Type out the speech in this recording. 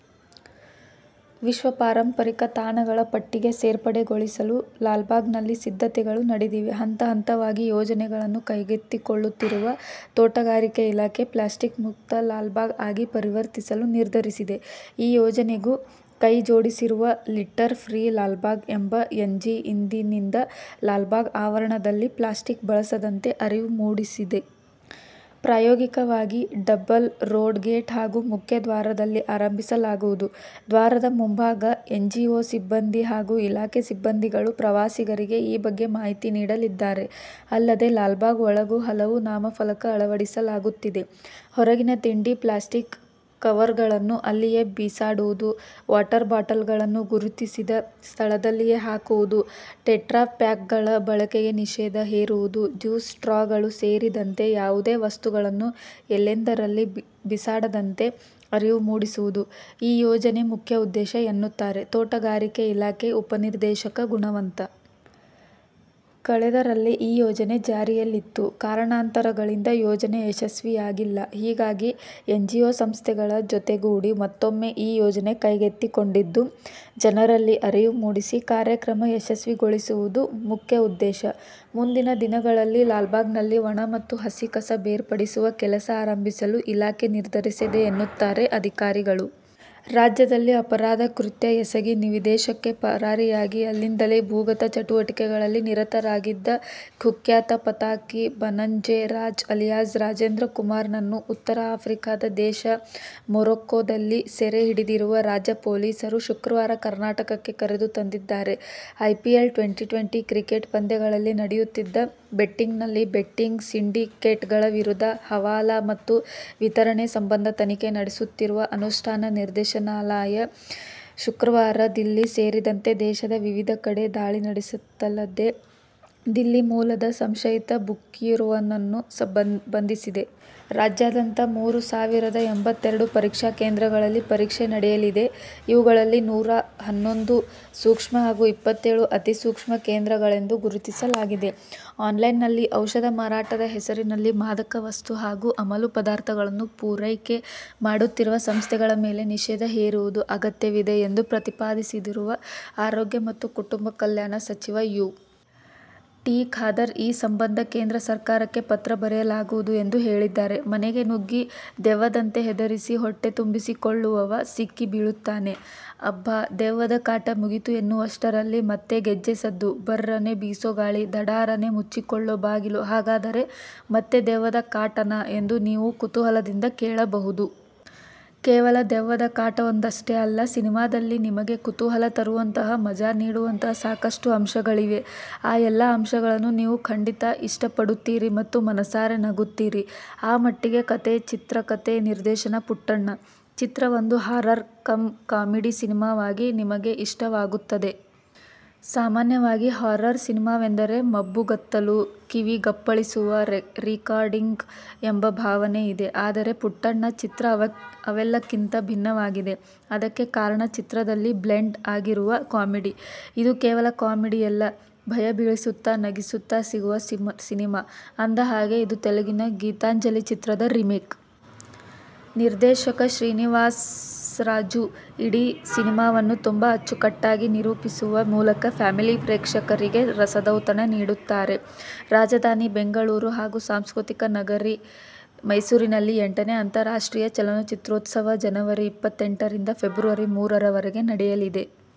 ವಿಶ್ವ ಪಾರಂಪರಿಕ ತಾಣಗಳ ಪಟ್ಟಿಗೆ ಸೇರ್ಪಡೆಗೊಳಿಸಲು ಲಾಲ್ಬಾಗ್ನಲ್ಲಿ ಸಿದ್ಧತೆಗಳು ನಡೆದಿವೆ. ಹಂತ ಹಂತವಾಗಿ ಯೋಜನೆಗಳನ್ನು ಕೈಗೆತ್ತಿಕೊಳ್ಳುತ್ತಿರುವ ತೋಟಗಾರಿಕೆ ಇಲಾಖೆ 'ಪ್ಲಾಸ್ಟಿಕ್ ಮುಕ್ತ ಲಾಲ್ಬಾಗ್ ಆಗಿ ಪರಿವರ್ತಿಸಲು ನಿರ್ಧರಿಸಿದೆ. ಈ ಯೋಜನೆಗೂ ಕೈ ಜೋಡಿಸಿರುವ 'ಲಿಟ್ಟರ್ ಫ್ರೀ ಲಾಲ್ಬಾಗ್' ಎಂಬ ಎನ್ಜಿ ಇಂದಿನಿಂದ ಲಾಲ್ಬಾಗ್ ಆವರಣದಲ್ಲಿ ಪ್ಲಾಸ್ಟಿಕ್ ಬಳಸದಂತೆ ಅರಿವು ಮೂಡಿಸಲಿದೆ. ಪ್ರಾಯೋಗಿಕವಾಗಿ ಡಬ್ಬಲ್ ರೋಡ್ ಗೇಟ್ ಹಾಗೂ ಮುಖ್ಯ ದ್ವಾರದಲ್ಲಿ ಆರಂಭಿಸಲಾಗುವುದು. ದ್ವಾರದ ಮುಂಭಾಗ ಎನ್ಜಿಒ ಸಿಬ್ಬಂದಿ ಹಾಗೂ ಇಲಾಖೆ ಸಿಬ್ಬಂದಿಗಳು ಪ್ರವಾಸಿಗರಿಗೆ ಈ ಬಗ್ಗೆ ಮಾಹಿತಿ ನೀಡಲಿದ್ದಾರೆ. ಅಲ್ಲದೇ, ಲಾಲ್ಬಾಗ್ ಒಳಗೂ ಹಲವು ನಾಮಫಲಕ ಅಳವಡಿಸಲಾಗುತ್ತಿದೆ. ಹೊರಗಿನ ತಿಂಡಿ ಪ್ಲಾಸ್ಟಿಕ್ ಕವರ್ಗಳನ್ನು ಅಲ್ಲಿಯೇ ಬಿಸಾಡುವುದು, ವಾಟರ್ ಬಾಟಲ್ಗಳನ್ನು ಗುರುತಿಸಿದ ಸ್ಥಳದಲ್ಲಿಯೇ ಹಾಕುವುದು, ಟೆಟ್ರಾಪ್ಯಾಕ್ಗಳ ಬಳಕೆಗೆ ನಿಷೇಧ ಹೇರುವುದು, ಜ್ಯೂಸ್ ಸ್ಟ್ರಾಗಳು ಸೇರಿದಂತೆ ಯಾವುದೇ ವಸ್ತುಗಳನ್ನು ಎಲ್ಲೆಂದರಲ್ಲಿ ಬಿಸಾಡದಂತೆ ಅರಿವು ಮೂಡಿಸುವುದು ಈ ಯೋಜನೆ ಮುಖ್ಯ ಉದ್ದೇಶ ಎನ್ನುತ್ತಾರೆ ತೋಟಗಾರಿಕೆ ಇಲಾಖೆ ಉಪನಿರ್ದೇಶಕ ಗುಣವಂತ. ಕಳೆದ ರಲ್ಲೇ ಈ ಯೋಜನೆ ಜಾರಿಯಲ್ಲಿತ್ತು. ಕಾರಣಾಂತರಗಳಿಂದ ಯೋಜನೆ ಯಶಸ್ವಿಯಾಗಿಲ್ಲ. ಹೀಗಾಗಿ, ಎನ್ಜಿಒ ಸಂಸ್ಥೆಗಳ ಜೊತೆಗೂಡಿ ಮತ್ತೂಮ್ಮೆ ಈ ಯೋಜನೆ ಕೈಗೆತ್ತಿಕೊಂಡಿದ್ದು, ಜನರಲ್ಲಿ ಅರಿವು ಮೂಡಿಸಿ ಕಾರ್ಯಕ್ರಮ ಯಶಸ್ವಿಗೊಳಿಸುವುದು ಮುಖ್ಯ ಉದ್ದೇಶ. ಮುಂದಿನ ದಿನಗಳಲ್ಲಿ ಲಾಲ್ಬಾಗ್ನಲ್ಲಿ ಒಣ ಮತ್ತು ಹಸಿ ಕಸ ಬೇರ್ಪಡಿಸುವ ಕೆಲಸ ಆರಂಭಿಸಲು ಇಲಾಖೆ ನಿರ್ಧರಿಸಿದೆ ಎನ್ನುತ್ತಾರೆ ಅಧಿಕಾರಿಗಳು. ರಾಜ್ಯದಲ್ಲಿ ಅಪರಾಧ ಕೃತ್ಯ ಎಸಗಿ ವಿದೇಶಕ್ಕೆ ಪರಾರಿಯಾಗಿ ಅಲ್ಲಿಂದಲೇ ಭೂಗತ ಚಟುವಟಿಕೆಗಳಲ್ಲಿ ನಿರತನಾಗಿದ್ದ ಕುಖ್ಯಾತ ಪಾತಕಿ ಬನ್ನಂಜೆ ರಾಜ ಅಲಿಯಾಸ್ ರಾಜೇಂದ್ರಕುಮಾರ್ನನ್ನು ಉತ್ತರ ಆಫ್ರಿಕಾದ ದೇಶ ಮೊರಕ್ಕೋದಲ್ಲಿ ಸೆರೆ ಹಿಡಿದಿರುವ ರಾಜ್ಯ ಪೊಲೀಸರು, ಶುಕ್ರವಾರ ಕರ್ನಾಟಕಕ್ಕೆ ಕರೆದುತಂದಿದ್ದಾರೆ. ಐಪಿಎಲ್ ಟ್ವೆಂಟಿ-ಟ್ವೆಂಟಿ ಕ್ರಿಕೆಟ್ ಪಂದ್ಯಗಳಲ್ಲಿ ನಡೆಯುತ್ತಿದ್ದ ಬೆಟ್ಟಿಂಗ್ನಲ್ಲಿ ಬೆಟ್ಟಿಂಗ್ ಸಿಂಡಿಕೇಟ್ಗಳ ವಿರುದ್ಧ ಹವಾಲಾ ಮತ್ತು ವಿತರಣೆ ಸಂಬಂಧ ತನಿಖೆ ನಡೆಸುತ್ತಿರುವ ಅನುಷ್ಠಾನ ನಿರ್ದೇಶನಾಲಯ ಶುಕ್ರವಾರ ದಿಲ್ಲಿ ಸೇರಿದಂತೆ ದೇಶದ ವಿವಿಧ ಕಡೆ ದಾಳಿ ನಡೆಸಿತಲ್ಲದೇ ದಿಲ್ಲಿ ಮೂಲದ ಸಂಶಯಿತ ಬುಕ್ಕಿಯೋರ್ವನನ್ನು ಬಂಧಿಸಿದೆ. ರಾಜ್ಯಾದ್ಯಂತ ಮೂರು ಸಾವಿರದ ಎಂಬತ್ತೆರಡು ಪರೀಕ್ಷಾ ಕೇಂದ್ರಗಳಲ್ಲಿ ಪರೀಕ್ಷೆ ನಡೆಯಲಿದೆ. ಇವುಗಳಲ್ಲಿ ನೂರ ಹನ್ನೊಂದು ಸೂಕ್ಷ್ಮ ಹಾಗೂ ಇಪ್ಪತ್ತೇಳು ಅತಿಸೂಕ್ಷ್ಮ ಕೇಂದ್ರಗಳೆಂದು ಗುರುತಿಸಲಾಗಿದೆ. ಆನ್ಲೈನ್ನಲ್ಲಿ ಔಷಧ ಮಾರಾಟದ ಹೆಸರಿನಲ್ಲಿ ಮಾದಕ ವಸ್ತು ಹಾಗೂ ಅಮಲು ಪ್ರದಾರ್ಥಗಳನ್ನು ಪೂರೈಕೆ ಮಾಡುತ್ತಿರುವ ಸಂಸ್ಥೆಗಳ ಮೇಲೆ ನಿಷೇಧ ಹೇರುವುದು ಅಗತ್ಯವಿದೆ ಎಂದು ಪ್ರತಿಪಾದಿಸಿರುವ ಆರೋಗ್ಯ ಮತ್ತು ಕುಟುಂಬ ಕಲ್ಯಾಣ ಸಚಿವ ಯು. ಟಿ. ಖಾದರ್, ಈ ಸಂಬಂಧ ಕೇಂದ್ರ ಸರ್ಕಾರಕ್ಕೆ ಪತ್ರ ಬರೆಯಲಾಗುವುದು ಎಂದು ಹೇಳಿದ್ದಾರೆ. ಮನೆಗೆ ನುಗ್ಗಿ ದೆವ್ವದಂತೆ ಹೆದರಿಸಿ ಹೊಟ್ಟೆ ತುಂಬಿಸಿಕೊಳ್ಳುವವ ಸಿಕ್ಕಿ ಬೀಳುತ್ತಾನೆ. ಅಬ್ಟಾ, ದೆವ್ವದ ಕಾಟ ಮುಗೀತು ಎನ್ನುವಷ್ಟರಲ್ಲಿ ಮತ್ತೆ ಗೆಜ್ಜೆ ಸದ್ದು, ಬರ್ರನೇ ಬಿಸೋ ಗಾಳಿ, ಧಡಾರನೇ ಮುಚ್ಚಿಕೊಳ್ಳೋ ಬಾಗಿಲು ಹಾಗಾದರೆ ಮತ್ತೆ ದೆವ್ವದ ಕಾಟನಾ ಎಂದು ನೀವು ಕುತೂಹಲದಿಂದ ಕೇಳಬಹುದು. ಕೇವಲ ದೆವ್ವದ ಕಾಟವೊಂದಷ್ಟೇ ಅಲ್ಲ, ಸಿನಿಮಾದಲ್ಲಿ ನಿಮಗೆ ಕುತೂಹಲ ತರುವಂತಹ, ಮಜಾ ನೀಡುವಂತಹ ಸಾಕಷ್ಟು ಅಂಶಗಳಿವೆ. ಆ ಎಲ್ಲಾ ಅಂಶಗಳನ್ನು ನೀವು ಖಂಡಿತಾ ಇಷ್ಟಪಡುತ್ತೀರಿ ಮತ್ತು ಮನಸ್ಸಾರೆ ನಗುತ್ತೀರಿ. ಆ ಮಟ್ಟಿಗೆ "ಕಥೆ ಚಿತ್ರಕಥೆ ನಿರ್ದೇಶನ ಪುಟ್ಟಣ್ಣ' ಚಿತ್ರ ಒಂದು ಹಾರರ್ ಕಂ ಕಾಮಿಡಿ ಸಿನಿಮಾವಾಗಿ ನಿಮಗೆ ಇಷ್ಟವಾಗುತ್ತದೆ. ಸಾಮಾನ್ಯವಾಗಿ ಹಾರರ್ ಸಿನಿಮಾವೆಂದರೆ ಮಬ್ಬುಗತ್ತಲು, ಕಿವಿಗಪ್ಪಳಿಸುವ ರೀರೆಕಾರ್ಡಿಂಗ್ ಎಂಬ ಭಾವನೆ ಇದೆ. ಆದರೆ, "ಪುಟ್ಟಣ್ಣ' ಚಿತ್ರ ಅವೆಲ್ಲಕ್ಕಿಂತ ಭಿನ್ನವಾಗಿದೆ. ಅದಕ್ಕೆ ಕಾರಣ ಚಿತ್ರದಲ್ಲಿ ಬ್ಲೆಂಡ್ ಆಗಿರುವ ಕಾಮಿಡಿ. ಇದು ಕೇವಲ ಕಾಮಿಡಿಯಲ್ಲ, ಭಯಬೀಳಿಸುತ್ತಾ, ನಗಿಸುತ್ತಾ ಸಾಗುವ ಸಿನಿಮಾ. ಅಂದಹಾಗೆ, ಇದು ತೆಲುಗಿನ "ಗೀತಾಂಜಲಿ' ಚಿತ್ರದ ರೀಮೇಕ್. ನಿರ್ದೇಶಕ ಶ್ರೀನಿವಾಸ್ರಾಜು ಇಡೀ ಸಿನಿಮಾವನ್ನು ತುಂಬಾ ಅಚ್ಚುಕಟ್ಟಾಗಿ ನಿರೂಪಿಸುವ ಮೂಲಕ ಫ್ಯಾಮಿಲಿ ಪ್ರೇಕ್ಷಕರಿಗೆ ರಸದೌತಣ ನೀಡುತ್ತಾರೆ. ರಾಜಧಾನಿ ಬೆಂಗಳೂರು ಹಾಗೂ ಸಾಂಸ್ಕೃತಿಕ ನಗರಿ ಮೈಸೂರಿನಲ್ಲಿ ಎಂಟನೇ ಅಂತಾರಾಷ್ಟ್ರೀಯ ಚಲನಚಿತ್ರೋತ್ಸವ ಜನವರಿ ಇಪ್ಪತ್ತೆಂಟರಿಂದ ಫೆಬ್ರವರಿ ಮೂರ ರವರೆಗೆ ನಡೆಯಲಿದೆ.